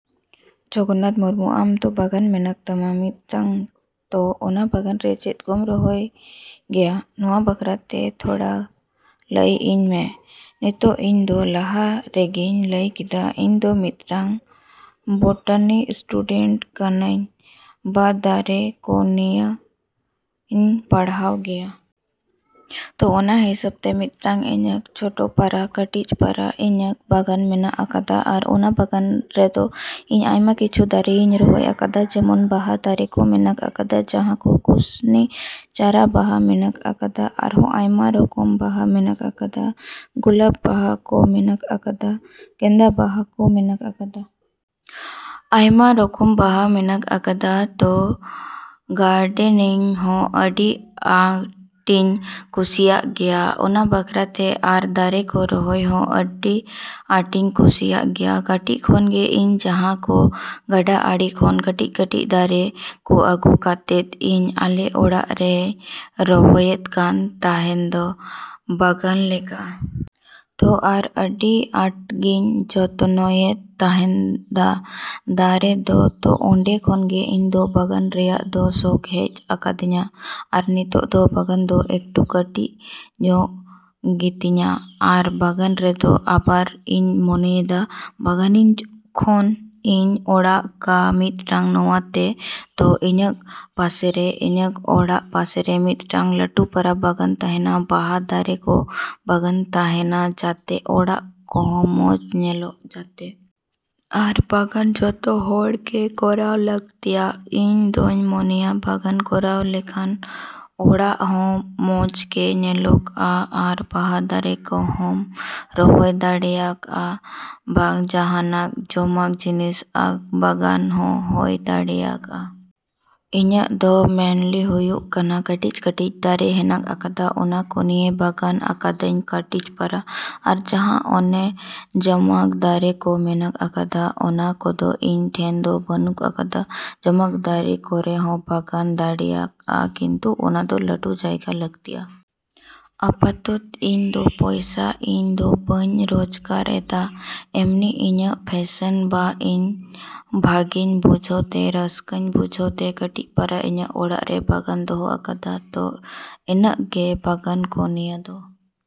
ᱡᱚᱜᱚᱱᱱᱟᱛᱷ ᱢᱩᱨᱢᱩ, ᱟᱢ ᱛᱚ ᱵᱟᱜᱟᱱ ᱢᱮᱱᱟᱜ ᱛᱟᱢᱟ ᱢᱤᱫᱴᱟᱝ ᱛᱚ ᱚᱱᱟ ᱵᱟᱜᱟᱱ ᱨᱮ ᱪᱮᱫ ᱠᱚᱢ ᱨᱚᱦᱚᱭ ᱜᱮᱭᱟ? ᱱᱚᱣᱟ ᱵᱟᱠᱷᱨᱟ ᱛᱮ ᱛᱷᱚᱲᱟ ᱞᱟᱹᱭ ᱤᱧ ᱢᱮ᱾ ᱱᱤᱛᱚᱜ ᱤᱧ ᱫᱚ ᱞᱟᱦᱟ ᱨᱮᱜᱤᱧ ᱞᱟᱹᱭ ᱠᱮᱫᱟ, ᱤᱧ ᱫᱚ ᱢᱤᱫᱴᱟᱝ ᱵᱚᱴᱟᱱᱤ ᱤᱥᱴᱩᱰᱮᱱᱴ ᱠᱟᱱᱟᱧ, ᱵᱟ ᱫᱟᱨᱮ ᱠᱚ ᱱᱤᱭᱟᱹᱧ ᱯᱟᱲᱦᱟᱜ ᱜᱮᱭᱟ᱾ ᱛᱚ ᱚᱱᱟ ᱦᱤᱥᱟᱹᱵ ᱛᱮ ᱢᱤᱫᱴᱟᱝ ᱤᱧᱟᱜ ᱪᱚᱴᱚ, ᱯᱟᱨᱟ, ᱠᱟᱹᱴᱤᱡ ᱯᱟᱨᱟ ᱤᱧᱟᱜ ᱵᱟᱜᱟᱱ ᱢᱮᱱᱟᱜ ᱟᱠᱟᱫᱟ᱾ ᱟᱨ ᱚᱱᱟ ᱵᱟᱜᱟᱱ ᱨᱮᱫᱚ ᱤᱧ ᱟᱭᱢᱟ ᱠᱤᱪᱷᱩ ᱫᱟᱨᱮᱧ ᱨᱚᱦᱚᱭ ᱟᱠᱟᱫᱟ, ᱡᱮᱢᱚᱱ ᱵᱟᱦᱟ ᱫᱟᱨᱮ ᱠᱚ ᱢᱮᱱᱟᱜ ᱟᱠᱟᱫᱟ, ᱡᱟᱦᱟᱸ ᱠᱚ ᱠᱩᱥᱱᱤ ᱪᱟᱨᱟ ᱵᱟᱦᱟ ᱢᱮᱱᱟᱜ ᱟᱠᱟᱫᱟ, ᱟᱨᱦᱚᱸ ᱟᱭᱢᱟ ᱨᱚᱠᱚᱢ ᱵᱟᱦᱟ ᱢᱮᱱᱟᱜ ᱟᱠᱟᱫᱟ, ᱜᱚᱞᱟᱯ ᱵᱟᱦᱟ ᱠᱚ ᱢᱮᱱᱟᱜ ᱟᱠᱟᱫᱟ, ᱜᱟᱸᱫᱟ ᱵᱟᱦᱟ ᱠᱚ ᱢᱮᱱᱟᱜ ᱟᱠᱟᱫᱟ᱾ ᱟᱭᱢᱟ ᱨᱚᱠᱚᱢ ᱵᱟᱦᱟ ᱢᱮᱱᱟᱜ ᱟᱠᱟᱫᱟ᱾ ᱛᱚ ᱜᱟᱰᱮᱱᱤᱝ ᱦᱚᱸ ᱟᱹᱰᱤ ᱟᱸᱴᱤᱧ ᱠᱩᱥᱤᱭᱟᱜ ᱜᱮᱭᱟ ᱚᱱᱟ ᱵᱟᱠᱷᱨᱟ ᱛᱮ ᱟᱨ ᱫᱟᱨᱮ ᱠᱚ ᱨᱚᱦᱚᱭ ᱦᱚᱸ ᱟᱹᱰᱤ ᱟᱸᱴᱤᱧ ᱠᱩᱥᱤᱭᱟᱜ ᱜᱮᱭᱟ᱾ ᱠᱟᱹᱴᱤᱡ ᱠᱷᱚᱱ ᱜᱮ ᱤᱧ ᱡᱟᱦᱟᱸ ᱠᱚ ᱜᱟᱰᱟ ᱟᱲᱮ ᱠᱷᱚᱱ ᱠᱟᱹᱴᱤᱡᱼᱠᱟᱹᱴᱤᱡ ᱫᱟᱨᱮ ᱠᱚ ᱟᱹᱜᱩ ᱠᱟᱛᱮᱫ, ᱤᱧ ᱟᱞᱮ ᱚᱲᱟᱜ ᱨᱤᱧ ᱨᱚᱦᱚᱭᱮᱫ ᱠᱟᱱ ᱛᱟᱦᱮᱸᱫ ᱵᱟᱜᱟᱱ ᱞᱮᱠᱟ᱾ ᱛᱚ ᱟᱨ ᱟᱹᱰᱤ ᱟᱸᱴᱤᱧ ᱡᱚᱛᱱᱚᱭᱮᱫ ᱛᱟᱦᱮᱸᱫ ᱫᱟᱨᱮ ᱠᱚ᱾ ᱛᱚ ᱚᱸᱰᱮ ᱠᱷᱚᱱ ᱜᱮ ᱤᱧ ᱫᱚ ᱵᱟᱜᱟᱱ ᱨᱮᱭᱟᱜ ᱫᱚ ᱥᱚᱠᱷ ᱦᱮᱡ ᱟᱠᱟᱫᱤᱧᱟ᱾ ᱟᱨ ᱱᱤᱛᱚᱜ ᱫᱚ ᱵᱟᱜᱟᱱ ᱫᱚ ᱮᱠᱴᱚ ᱠᱟᱹᱴᱤᱡ ᱧᱚᱜ ᱜᱮᱛᱤᱧᱟ᱾ ᱟᱨ ᱵᱟᱜᱟᱱ ᱨᱮᱫᱚ ᱟᱵᱟᱨ ᱤᱧ ᱢᱚᱱᱮᱭᱮᱫᱟ, ᱵᱟᱜᱟᱱᱤᱧ ᱡᱚᱠᱷᱚᱱ ᱤᱧ ᱚᱲᱟᱜᱼᱟ ᱢᱤᱫᱴᱟᱝ ᱱᱟᱶᱟ ᱛᱮ, ᱛᱚ ᱤᱧᱟᱜ ᱯᱟᱥᱮᱨᱮ, ᱤᱧᱟᱜ ᱚᱲᱟᱜ ᱯᱟᱥᱮᱨᱮ ᱢᱤᱫᱴᱟᱝ ᱞᱟᱹᱴᱩ ᱯᱟᱨᱟ ᱵᱟᱜᱟᱱ ᱛᱟᱦᱮᱱᱟ, ᱵᱟᱦᱟ ᱫᱟᱨᱮ ᱠᱚ ᱵᱟᱜᱟᱱ ᱛᱟᱦᱮᱱᱟ, ᱡᱟᱛᱮ ᱚᱲᱟᱜ ᱠᱚᱦᱚᱸ ᱢᱚᱡᱽ ᱧᱮᱞᱚᱜ ᱡᱟᱛᱮ᱾ ᱟᱨ ᱵᱟᱜᱟᱱ ᱡᱚᱛᱚ ᱦᱚᱲ ᱜᱮ ᱠᱚᱨᱟᱣ ᱞᱟᱹᱠᱛᱤᱭᱟ᱾ ᱤᱧ ᱫᱚᱧ ᱢᱚᱱᱮᱭᱟ, ᱵᱟᱜᱟᱱ ᱠᱚᱨᱟᱣ ᱞᱮᱠᱷᱟᱱ ᱚᱲᱟᱜ ᱦᱚᱸ ᱢᱚᱡᱽ ᱜᱮ ᱧᱮᱞᱚᱜᱼᱟ ᱟᱨ ᱵᱟᱦᱟ ᱫᱟᱨᱮ ᱠᱚᱦᱚᱸᱢ ᱨᱚᱦᱚᱭ ᱫᱟᱲᱮᱭᱟᱜᱼᱟ, ᱵᱟ ᱡᱟᱦᱟᱱᱟᱜ ᱡᱚᱢᱟᱜ ᱡᱤᱱᱤᱥ ᱟᱜ ᱵᱟᱜᱟᱱ ᱦᱚᱸ ᱦᱚᱭ ᱫᱟᱲᱮᱭᱟᱜᱼᱟ᱾ ᱤᱧᱟᱜ ᱫᱚ ᱢᱮᱱᱞᱤ ᱦᱚᱭᱚᱜ ᱠᱟᱱᱟ ᱠᱟᱹᱴᱤᱡᱼᱠᱟᱹᱴᱤᱡ ᱫᱟᱨᱮ ᱦᱮᱱᱟᱜ ᱟᱠᱟᱫᱟ, ᱚᱱᱟ ᱠᱚ ᱱᱤᱭᱮ ᱵᱟᱜᱟᱱ ᱠᱟᱫᱟᱹᱧ ᱠᱟᱹᱴᱤᱡ ᱯᱟᱨᱟ᱾ ᱟᱨ ᱡᱟᱦᱟᱸ ᱚᱱᱮ ᱡᱚᱢᱟᱜ ᱫᱟᱨᱮ ᱠᱚ ᱢᱮᱱᱟᱜ ᱟᱠᱟᱫᱟ, ᱚᱱᱟ ᱠᱚᱫᱚ ᱤᱧ ᱴᱷᱮᱱ ᱫᱚ ᱵᱟᱹᱱᱩᱜ ᱟᱠᱟᱫᱟ᱾ ᱡᱚᱢᱟᱜ ᱫᱟᱨᱮ ᱠᱚᱨᱮ ᱦᱚᱸ ᱵᱟᱜᱟᱱ ᱫᱟᱲᱮᱭᱟᱜᱼᱟ, ᱠᱤᱱᱛᱩ ᱚᱱᱟ ᱫᱚ ᱞᱟᱹᱴᱩ ᱡᱟᱭᱜᱟ ᱞᱟᱹᱠᱛᱤᱜᱼᱟ᱾ ᱟᱯᱟᱛᱚᱛᱚ ᱤᱧ ᱫᱚ ᱯᱚᱭᱥᱟ ᱤᱧ ᱫᱚ ᱵᱟᱹᱧ ᱨᱚᱡᱜᱟᱨᱮᱫᱟ, ᱮᱢᱱᱤ ᱤᱧᱟᱜ ᱯᱷᱮᱥᱮᱱ ᱵᱟ ᱤᱧ ᱵᱷᱟᱜᱮᱧ ᱵᱩᱡᱷᱟᱹᱣ ᱛᱮ, ᱨᱟᱹᱥᱠᱟᱹᱧ ᱵᱩᱡᱷᱟᱹᱣ ᱛᱮ ᱠᱟᱹᱴᱤᱡ ᱯᱟᱨᱟ ᱤᱧᱟᱜ ᱚᱲᱟᱜ ᱨᱤᱧ ᱵᱟᱜᱟᱱ ᱫᱚᱦᱚ ᱟᱠᱟᱫᱟ᱾ ᱛᱚ ᱤᱱᱟᱹᱜ ᱜᱮ ᱵᱟᱜᱟᱱ ᱠᱚ ᱱᱤᱭᱮ ᱫᱚ᱾